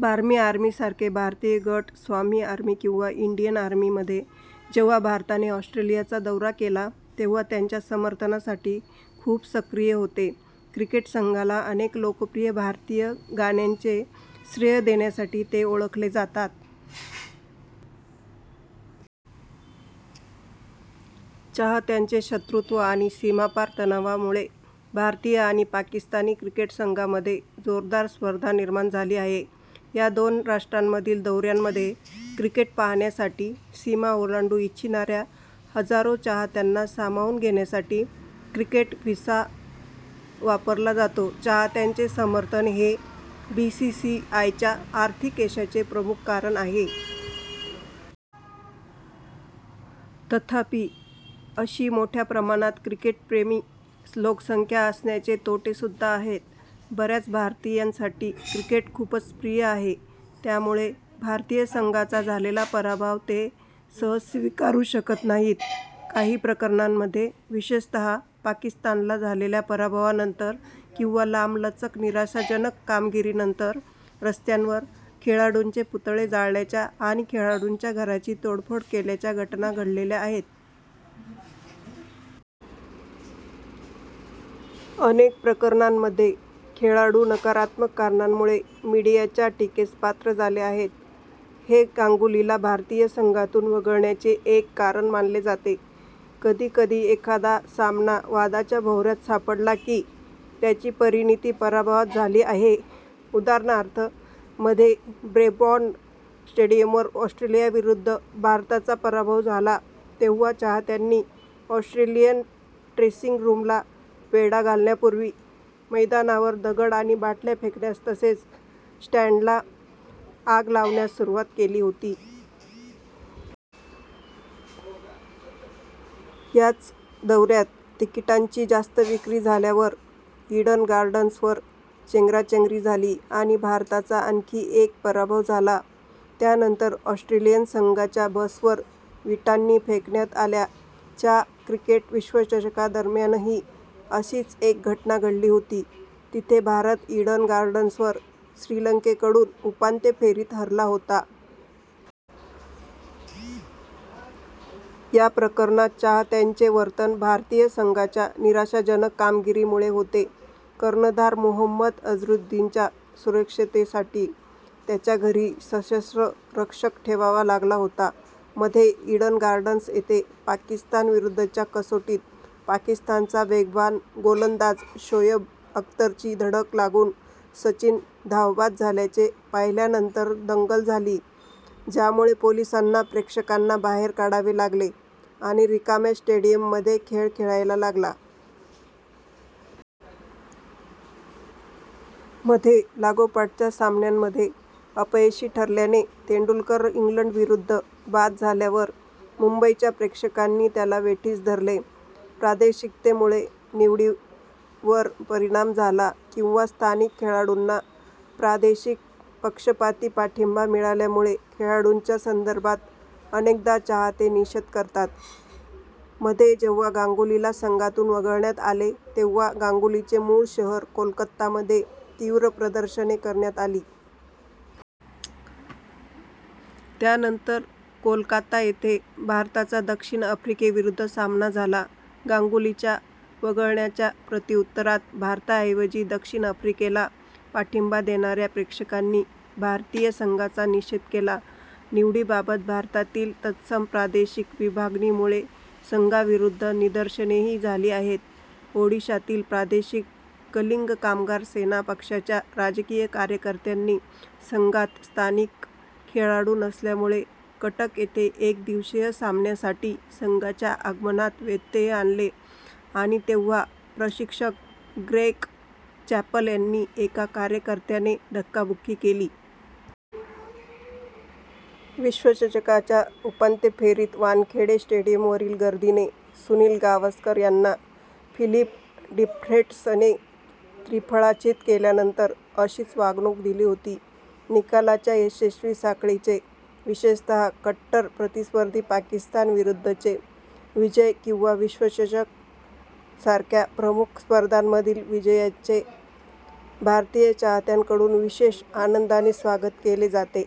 बार्मी Army सारखे भारतीय गट स्वामी आर्मी किंवा इंडियन आर्मी, / मध्ये जेव्हा भारताने ऑस्ट्रेलियाचा दौरा केला तेव्हा त्यांच्या समर्थनासाठी खूप सक्रिय होते. क्रिकेट संघाला अनेक लोकप्रिय भारतीय गाण्यांचे श्रेय देण्यासाठी ते ओळखले जातात. चाहत्यांचे शत्रुत्व आणि सीमापार तणावामुळे भारतीय आणि पाकिस्तानी क्रिकेट संघांमध्ये जोरदार स्पर्धा निर्माण झाली आहे. या दोन राष्ट्रांमधील दौऱ्यांमध्ये, क्रिकेट पाहण्यासाठी सीमा ओलांडू इच्छिणाऱ्या हजारो चाहत्यांना सामावून घेण्यासाठी क्रिकेट व्हिसा वापरला जातो. चाहत्यांचे समर्थन हे बीसीसीआयच्या आर्थिक यशाचे प्रमुख कारण आहे. तथापि, अशी मोठ्या प्रमाणात क्रिकेटप्रेमी लोकसंख्या असण्याचे तोटे सुद्धा आहेत. बऱ्याच भारतीयांसाठी क्रिकेट खूपच प्रिय आहे त्यामुळे भारतीय संघाचा झालेला पराभव ते सहज स्वीकारू शकत नाहीत. काही प्रकरणांमध्ये, विशेषतः पाकिस्तानला झालेल्या पराभवानंतर किंवा लांबलचक निराशाजनक कामगिरीनंतर, रस्त्यांवर खेळाडूंचे पुतळे जाळल्याच्या आणि खेळाडूंच्या घरांची तोडफोड केल्याच्या घटना घडल्या आहेत. अनेक प्रकरणांमध्ये, खेळाडू नकारात्मक कारणांमुळे मीडियाच्या टीकेस पात्र झाले आहेत, हे गांगुलीला भारतीय संघातून वगळण्याचे एक कारण मानले जाते. कधी कधी एखादा सामना वादाच्या भोवऱ्यात सापडला की त्याची परिणती पराभवात झाली आहे. उदाहरणार्थ, मध्ये ब्रेबॉर्न स्टेडियमवर ऑस्ट्रेलियाविरुद्ध भारताचा पराभव झाला तेव्हा चाहत्यांनी ऑस्ट्रेलियन ड्रेसिंग रूमला वेढा घालण्यापूर्वी मैदानावर दगड आणि बाटल्या फेकण्यास तसेच स्टँडला आग लावण्यास सुरुवात केली होती. याच दौऱ्यात, तिकीटांची जास्त विक्री झाल्यावर इडन गार्डन्सवर चेंगराचेंगरी झाली आणि भारताचा आणखी एक पराभव झाला; त्यानंतर ऑस्ट्रेलियन संघाच्या बसवर विटांनी फेकण्यात आल्या. च्या क्रिकेट विश्वचषकादरम्यानही अशीच एक घटना घडली होती, जिथे भारत ईडन गार्डन्सवर श्रीलंकेकडून उपांत्य फेरीत हरला होता. या प्रकरणात, चाहत्यांचे वर्तन भारतीय संघाच्या निराशाजनक कामगिरीमुळे होते. कर्णधार मोहम्मद अझरुद्दीनच्या सुरक्षेसाठी त्याच्या घरी सशस्त्र रक्षक ठेवावा लागला होता. मध्ये, ईडन गार्डन्स येथे पाकिस्तान विरुद्धच्या कसोटीत पाकिस्तानचा वेगवान गोलंदाज शोएब अख्तरची धडक लागून सचिन धावबाद झाल्याचे पाहिल्यानंतर दंगल झाली, ज्यामुळे पोलिसांना प्रेक्षकांना बाहेर काढावे लागले आणि रिकाम्या स्टेडियममध्ये खेळ खेळायला लागला. मध्ये, लागोपाठच्या सामन्यांमध्ये अपयशी ठरल्याने तेंडुलकर इंग्लंडविरुद्ध बाद झाल्यावर मुंबईच्या प्रेक्षकांनी त्याला वेठीस धरले. प्रादेशिकतेमुळे निवडीवर परिणाम झाला किंवा स्थानिक खेळाडूंना प्रादेशिक पक्षपाती पाठिंबा मिळाल्यामुळे खेळाडूंच्या संदर्भात अनेकदा चाहते निषेध करतात. मध्ये, जेव्हा गांगुलीला संघातून वगळण्यात आले, तेव्हा गांगुलीचे मूळ शहर कोलकातामध्ये तीव्र प्रदर्शने करण्यात आली. त्यानंतर कोलकाता येथे भारताचा दक्षिण आफ्रिकेविरुद्ध सामना झाला. गांगुलीच्या वगळण्याच्या प्रत्युत्तरात भारताऐवजी दक्षिण आफ्रिकेला पाठिंबा देणाऱ्या प्रेक्षकांनी भारतीय संघाचा निषेध केला. निवडीबाबत भारतातील तत्सम प्रादेशिक विभागणीमुळे संघाविरुद्ध निदर्शनेही झाली आहेत, ओडिशातील प्रादेशिक कलिंग कामगार सेना पक्षाच्या राजकीय कार्यकर्त्यांनी संघात स्थानिक खेळाडू नसल्यामुळे कटक येथे एकदिवसीय सामान्यासाठी संघाच्या आगमनात व्यत्यय आणले आणि तेव्हा प्रशिक्षक ग्रेग चॅपेल यांना एका कार्यकर्त्याने धक्काबुक्की केली. विश्वचषकाच्या उपांत्य फेरीत वानखेडे स्टेडियमवरील गर्दीने सुनील गावस्कर यांना फिलिप डिफ्रेटसने त्रिफळाचीत केल्यानंतर अशीच वागणूक दिली होती. निकालांच्या यशस्वी साखळीचे, विशेषतः कट्टर प्रतिस्पर्धी पाकिस्तानविरुद्धचे विजय किंवा विश्वचषक सारख्या प्रमुख स्पर्धांमधील विजयांचे भारतीय चाहत्यांकडून विशेष आनंदाने स्वागत केले जाते.